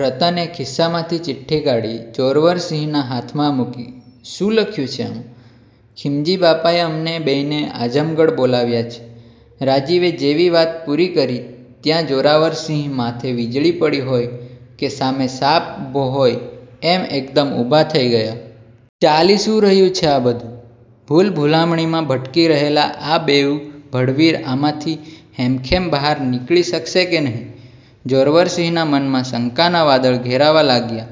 રતને ખિસ્સામાંથી ચિઠ્ઠી કાઢી જોરવરસિંહના હાથમાં મૂકી. "શું લખ્યું છે આમાં?" "ખીમજીબાપાએ અમને બેયને આઝમગઢ બોલાવ્યા છે." રાજીવે જેવી વાત પૂરી કરી ત્યાં જોરવરસિંહ માથે વીજળી પડી હોય કે સામે સાપ ઊભો હોય એમ એકદમ ઊભા થઈ ગયા. "ચાલી શું રહ્યું છે આ બધું? ભૂલભુલામણીમાં ભટકી રહેલા આ બેઉ ભડવીર આમાંથી હેમખેમ બહાર નીકળી શકશે કે નહીં? " જોરવરસિંહના મનમાં શંકાના વાદળ ઘેરાવા લાગ્યા,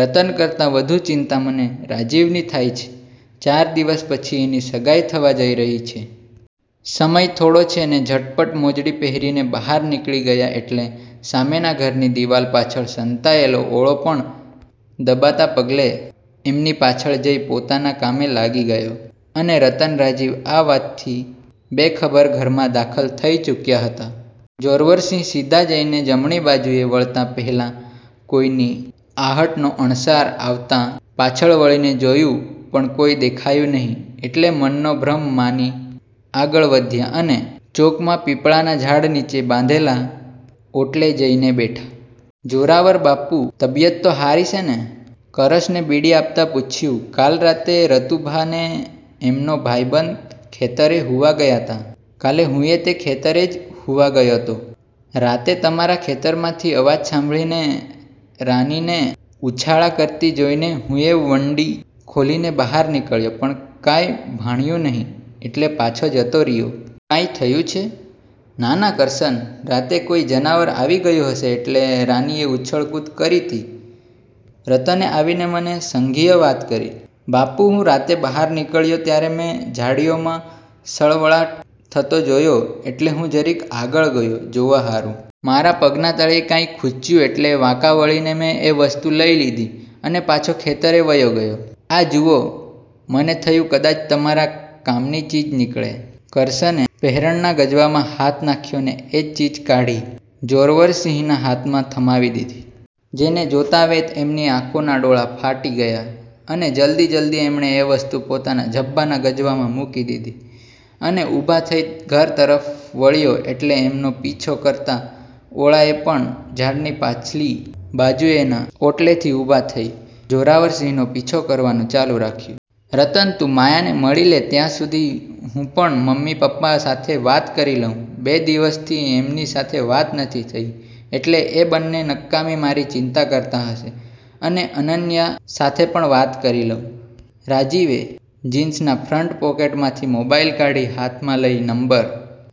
"રતન કરતા વધુ ચિંતા મને રાજીવની થાય છે, ચાર દિવસ પછી એની સગાઈ થવા જઈ રહી છે. સમય થોડો છે ને." ઝટપટ મોજડી પહેરીને બહાર નીકળી ગયા એટલે સામેના ઘરની દીવાલ પાછળ સંતાયેલો ઓળો પણ દબાતા પગલે એમની પાછળ જઈ પોતાના કામે લાગી ગયો, અને રતન-રાજીવ આ વાતથી બેખબર ઘરમાં દાખલ થઈ ચૂક્યા હતા. જોરવરસિંહ સીધા જઈને જમણી બાજુએ વળતાં પહેલા કોઈની આહટનો અણસાર આવતા પાછળ વળીને જોયું પણ કોઈ દેખાયું નહિ એટલે મનનો ભ્રમ માની આગળ વધ્યા અને ચોકમાં પીપળાના ઝાડ નીચે બાંધેલા ઓટલે જઈને બેઠા. "જોરાવરબાપુ, તબિયત તો હારી સે ને?" કરસને બીડી આપતાં પૂછ્યું, "કાલ રાતે, રતુભા ને એમનો ભાઈબંધ ખેતરે હુવા ગયા'તા?" "કાલે હુંય તે ખેતરે જ હુવા ગયો'તો. રાતે તમારા ખેતરમાંથી અવાજ સાંભળીને રાનીને ઉછાળા કરતી જોઈને હુંય વંડી ખોલીને બહાર નીકળ્યો પણ કાંઈ ભાળ્યું નહિ એટલે પાછો જતો રીયો. કાંય થયું છે? " "ના-ના કરસન, રાતે કોઈ જનાવર આવી ગયું હશે એટલે રાનીએ ઉછળકૂદ કરી'તી. રતને આવીને મને સંઘીય વાત કરી." "બાપુ, હું રાતે બહાર નીકળ્યો ત્યારે મેં ઝાડીઓમાં સળવળાટ થતો જોયો એટલે હું જરીક આગળ ગયો, જોવા હારુ. મારા પગના તળિયે કાંઈક ખુચ્યું એટલે વાંકા વળીને મેં એ વસ્તુ લઈ લીધી અને પાછો ખેતરે વયો ગયો. આ જુઓ, મને થયું કદાચ તમારા કામની ચીજ નીકળે," કરસને પહેરણના ગજવામાં હાથ નાખ્યો ને એ ચીજ કાઢી જોરવરસિંહના હાથમાં થમાવી દીધી. જેને જોતાંવેંત એમની આંખોના ડોળા ફાટી ગયા અને જલ્દી-જલ્દી એમણે એ વસ્તુ પોતાના ઝભ્ભાના ગજવામાં મૂકી દીધી અને ઊભા થઈ ઘર તરફ વળ્યા એટલે એમનો પીછો કરતા ઓળાએ પણ ઝાડની પાછલી બાજુએના ઓટલેથી ઊભા થઈ જોરવરસિંહનો પીછો કરવાનું ચાલુ રાખ્યું. "રતન, તું માયાને મળી લે ત્યાં સુધી હું પણ મમ્મી-પપ્પા સાથે વાત કરી લઉં, બે દિવસથી એમની સાથે વાત નથી થઈ, એટલે એ બંને નકામી મારી ચિંતા કરતા હશે, અને અનન્યા સાથે પણ વાત કરી લઉં." રાજીવે જીન્સના ફ્રન્ટ પોકેટમાંથી મોબાઈલ કાઢી હાથમાં લઈ નંબર